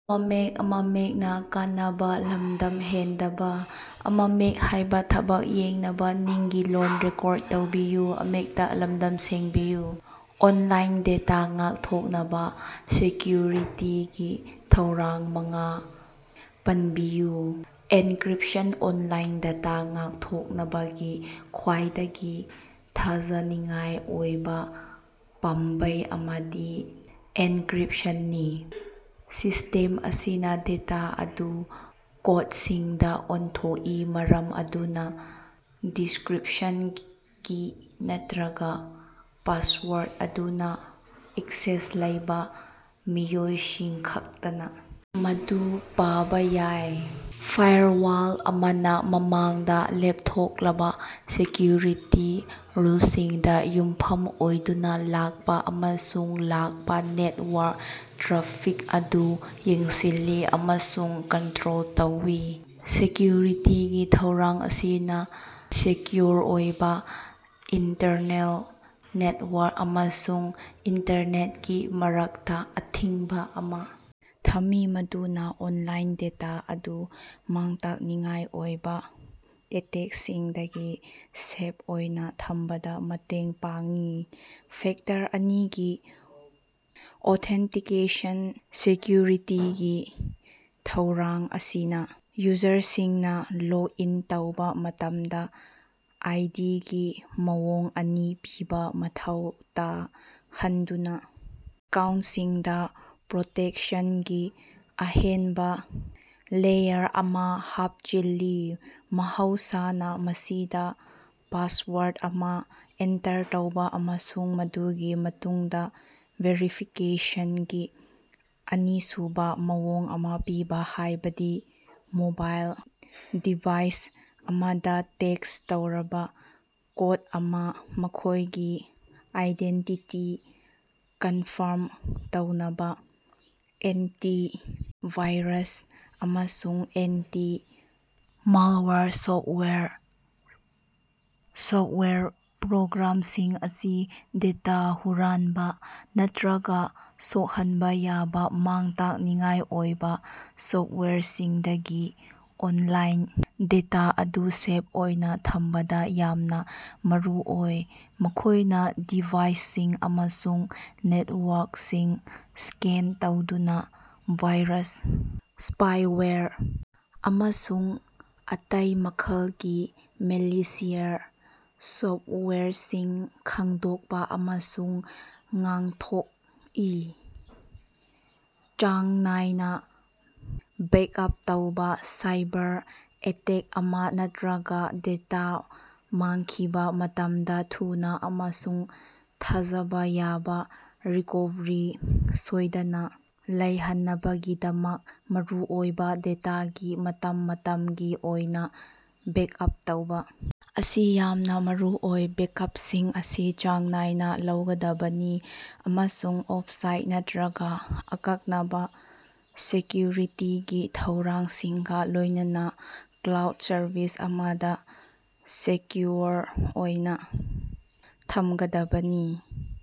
Online data ꯉꯥꯛꯊꯣꯛꯅꯕ ꯁꯦꯀꯌꯨꯔꯤꯇꯤꯒꯤ ꯊꯧꯔꯥꯡ ꯃꯉꯥ ꯄꯅꯕꯤꯌꯨ꯫ ꯑꯦꯟꯀꯔꯤꯞꯁꯟ ꯑꯣꯟꯂꯥꯏꯟ ꯗꯦꯇꯥ ꯉꯥꯛꯊꯣꯛꯅꯕꯒꯤ ꯈ꯭ꯋꯥꯏꯗꯒꯤ ꯊꯥꯖꯅꯤꯡꯉꯥꯏ ꯑꯣꯏꯕ ꯄꯥꯝꯕꯩ ꯑꯃꯗꯤ ꯑꯦꯟꯀꯔꯤꯞꯁꯟꯅꯤ꯫ ꯁꯤꯁꯇꯦꯝ ꯑꯁꯤꯅ ꯗꯦꯇꯥ ꯑꯗꯨ ꯀꯣꯠꯁꯤꯡꯗ ꯑꯣꯟꯊꯣꯛꯏ ꯃꯔꯝ ꯑꯗꯨꯅ ꯗꯤꯁꯀꯔꯤꯞꯁꯟ ꯀꯤ ꯅꯠꯇ꯭ꯔꯒ ꯄꯥꯁꯋꯥꯔꯠ ꯑꯗꯨꯗ ꯑꯦꯛꯁꯦꯁ ꯂꯩꯕ ꯃꯤꯑꯣꯏꯁꯤꯡꯈꯛꯇꯅ ꯃꯗꯨ ꯄꯥꯕ ꯌꯥꯏ꯫ ꯐꯥꯏꯔꯋꯥꯜ ꯑꯃꯅ ꯃꯃꯥꯡꯗ ꯂꯦꯞꯊꯣꯛꯂꯕ ꯁꯦꯀꯌꯨꯔꯤꯇꯤ ꯔꯨꯜꯁꯤꯡꯗ ꯌꯨꯝꯐꯝ ꯑꯣꯏꯗꯨꯅ ꯂꯥꯛꯄ ꯑꯃꯁꯨꯡ ꯂꯥꯛꯄ ꯅꯦꯠꯋꯥꯛ ꯇ꯭ꯔꯥꯐꯤꯛ ꯑꯗꯨ ꯌꯦꯡꯁꯤꯜꯂꯤ ꯑꯃꯁꯨꯡ ꯀꯟꯇꯔꯣꯜ ꯇꯧꯏ꯫ ꯁꯦꯀꯌꯨꯔꯤꯇꯤꯒꯤ ꯊꯧꯔꯥꯡ ꯑꯁꯤꯅ ꯁꯦꯀꯌꯨꯑꯣꯔ ꯑꯣꯏꯕ ꯏꯟꯇꯔꯅꯦꯜ ꯅꯦꯠꯋꯥꯛ ꯑꯃꯁꯨꯡ ꯏꯟꯇꯔꯅꯦꯠꯀꯤ ꯃꯔꯛꯇ ꯑꯊꯤꯡꯕ ꯑꯃ ꯊꯝꯃꯤ ꯃꯗꯨꯅ ꯑꯣꯟꯂꯥꯏꯟ ꯗꯦꯇꯥ ꯑꯗꯨ ꯃꯥꯡ ꯇꯥꯛꯅꯤꯡꯉꯥꯏ ꯑꯣꯏꯕ ꯑꯦꯇꯦꯛꯁꯤꯡꯗꯒꯤ ꯁꯦꯞ ꯑꯣꯏꯅ ꯊꯝꯕꯗ ꯃꯇꯦꯡ ꯄꯥꯡꯏ꯫ ꯐꯦꯛꯇꯔ ꯑꯅꯤꯒꯤ ꯑꯣꯊꯦꯟꯇꯤꯀꯦꯁꯟ ꯁꯦꯀꯌꯨꯔꯤꯇꯤꯒꯤ ꯊꯧꯔꯥꯡ ꯑꯁꯤꯅ ꯌꯨꯖꯔꯁꯤꯡꯅ ꯂꯣꯒ ꯏꯟ ꯇꯧꯕ ꯃꯇꯝꯗ ꯑꯥꯏ ꯗꯤ ꯒꯤ ꯃꯑꯣꯡ ꯑꯅꯤ ꯄꯤꯕ ꯃꯊꯧ ꯇꯥꯍꯟꯗꯨꯅ ꯑꯦꯀꯥꯎꯟꯁꯤꯡꯗ ꯄ꯭ꯔꯣꯇꯦꯛꯁꯟꯒꯤ ꯑꯍꯦꯟꯕ ꯂꯦꯌꯔ ꯑꯃ ꯍꯥꯞꯆꯤꯜꯂꯤ ꯃꯍꯧꯁꯥꯅ ꯃꯁꯤꯗ ꯄꯥꯁꯋꯥꯔꯠ ꯑꯃ ꯑꯦꯟꯇꯔ ꯇꯧꯕ ꯑꯃꯁꯨꯡ ꯃꯗꯨꯒꯤ ꯃꯇꯨꯡꯗ ꯚꯦꯔꯤꯐꯤꯀꯦꯁꯟꯒꯤ ꯑꯅꯤꯁꯨꯕ ꯃꯑꯣꯡ ꯑꯃ ꯄꯤꯕ ꯍꯥꯏꯕꯗꯤ ꯃꯣꯕꯥꯏꯜ ꯗꯤꯚꯥꯏꯁ ꯑꯃꯗ ꯇꯦꯛꯁ ꯇꯧꯔꯕ ꯀꯣꯠ ꯑꯃ ꯃꯈꯣꯏꯒꯤ ꯑꯥꯏꯗꯦꯟꯇꯤꯇꯤ ꯀꯟꯐꯥꯝ ꯇꯧꯅꯕ꯫ ꯑꯦꯟꯇꯤ ꯚꯥꯏꯔꯁ ꯑꯃꯁꯨꯡ ꯑꯦꯟꯇꯤ ꯃꯥꯜꯋꯥꯌꯔ ꯁꯣꯞꯋꯦꯌꯔ ꯁꯣꯞꯋꯦꯌꯔ ꯄ꯭ꯔꯣꯒꯔꯥꯝꯁꯤꯡ ꯑꯁꯤ ꯗꯦꯇꯥ ꯍꯨꯔꯥꯟꯕ ꯅꯠꯇ꯭ꯔꯒ ꯁꯣꯛꯍꯟꯕ ꯌꯥꯕ ꯃꯥꯡ ꯇꯥꯛꯅꯤꯡꯉꯥꯏ ꯑꯣꯏꯕ ꯁꯣꯞꯋꯦꯌꯔꯁꯤꯡꯗꯒꯤ ꯑꯣꯟꯂꯥꯏꯟ ꯗꯦꯇꯥ ꯑꯗꯨ ꯁꯦꯞ ꯑꯣꯏꯅ ꯊꯝꯕꯗ ꯌꯥꯝꯅ ꯃꯔꯨꯑꯣꯏ꯫ ꯃꯈꯣꯏꯅ ꯗꯤꯚꯥꯏꯁꯁꯤꯡ ꯑꯃꯁꯨꯡ ꯅꯦꯠꯋꯥꯛꯁꯤꯡ ꯁ꯭ꯀꯦꯟ ꯇꯧꯗꯨꯅ ꯚꯥꯏꯔꯁ ꯁꯄꯥꯏꯋꯦꯔ ꯑꯃꯁꯨꯡ ꯑꯇꯩ ꯃꯈꯜꯒꯤ ꯃꯦꯂꯤꯁꯤꯌꯁ ꯁꯣꯞꯋꯦꯌꯔꯁꯤꯡ ꯈꯪꯗꯣꯛꯄ ꯑꯃꯁꯨꯡ ꯉꯥꯡꯊꯣꯛꯏ꯫ ꯆꯥꯡ ꯅꯥꯏꯅ ꯕꯦꯛꯑꯞ ꯇꯧꯕ ꯁꯥꯏꯕꯔ ꯑꯦꯇꯦꯛ ꯑꯃ ꯅꯠꯇ꯭ꯔꯒ ꯗꯦꯇꯥ ꯃꯥꯡꯈꯤꯕ ꯃꯇꯝꯗ ꯊꯨꯅꯥ ꯑꯃꯁꯨꯡ ꯊꯥꯖꯕ ꯌꯥꯕ ꯔꯤꯀꯣꯚꯔꯤ ꯁꯣꯏꯗꯅ ꯂꯩꯍꯟꯅꯕꯒꯤꯗꯃꯛ ꯃꯔꯨꯑꯣꯏꯕ ꯗꯦꯇꯥꯒꯤ ꯃꯇꯝ ꯃꯇꯝꯒꯤ ꯑꯣꯏꯅ ꯕꯦꯛꯑꯞ ꯇꯧꯕ ꯑꯁꯤ ꯌꯥꯝꯅ ꯃꯔꯨꯑꯣꯏ꯫ ꯕꯦꯛꯑꯞꯁꯤꯡ ꯑꯁꯤ ꯆꯥꯡ ꯅꯥꯏꯅ ꯂꯧꯒꯗꯕꯅꯤ ꯑꯃꯁꯨꯡ ꯑꯣꯐ ꯁꯥꯏꯠ ꯅꯠꯇ꯭ꯔꯒ ꯑꯀꯛꯅꯕ ꯁꯦꯛꯌꯨꯔꯤꯇꯤꯒꯤ ꯊꯧꯔꯥꯡꯁꯤꯡꯒ ꯂꯣꯏꯅꯅ ꯀ꯭ꯂꯥꯎꯗ ꯁꯔꯚꯤꯁ ꯑꯃꯗ ꯁꯦꯛꯌꯨꯑꯣꯔ ꯑꯣꯏꯅ ꯊꯝꯒꯗꯕꯅꯤ꯫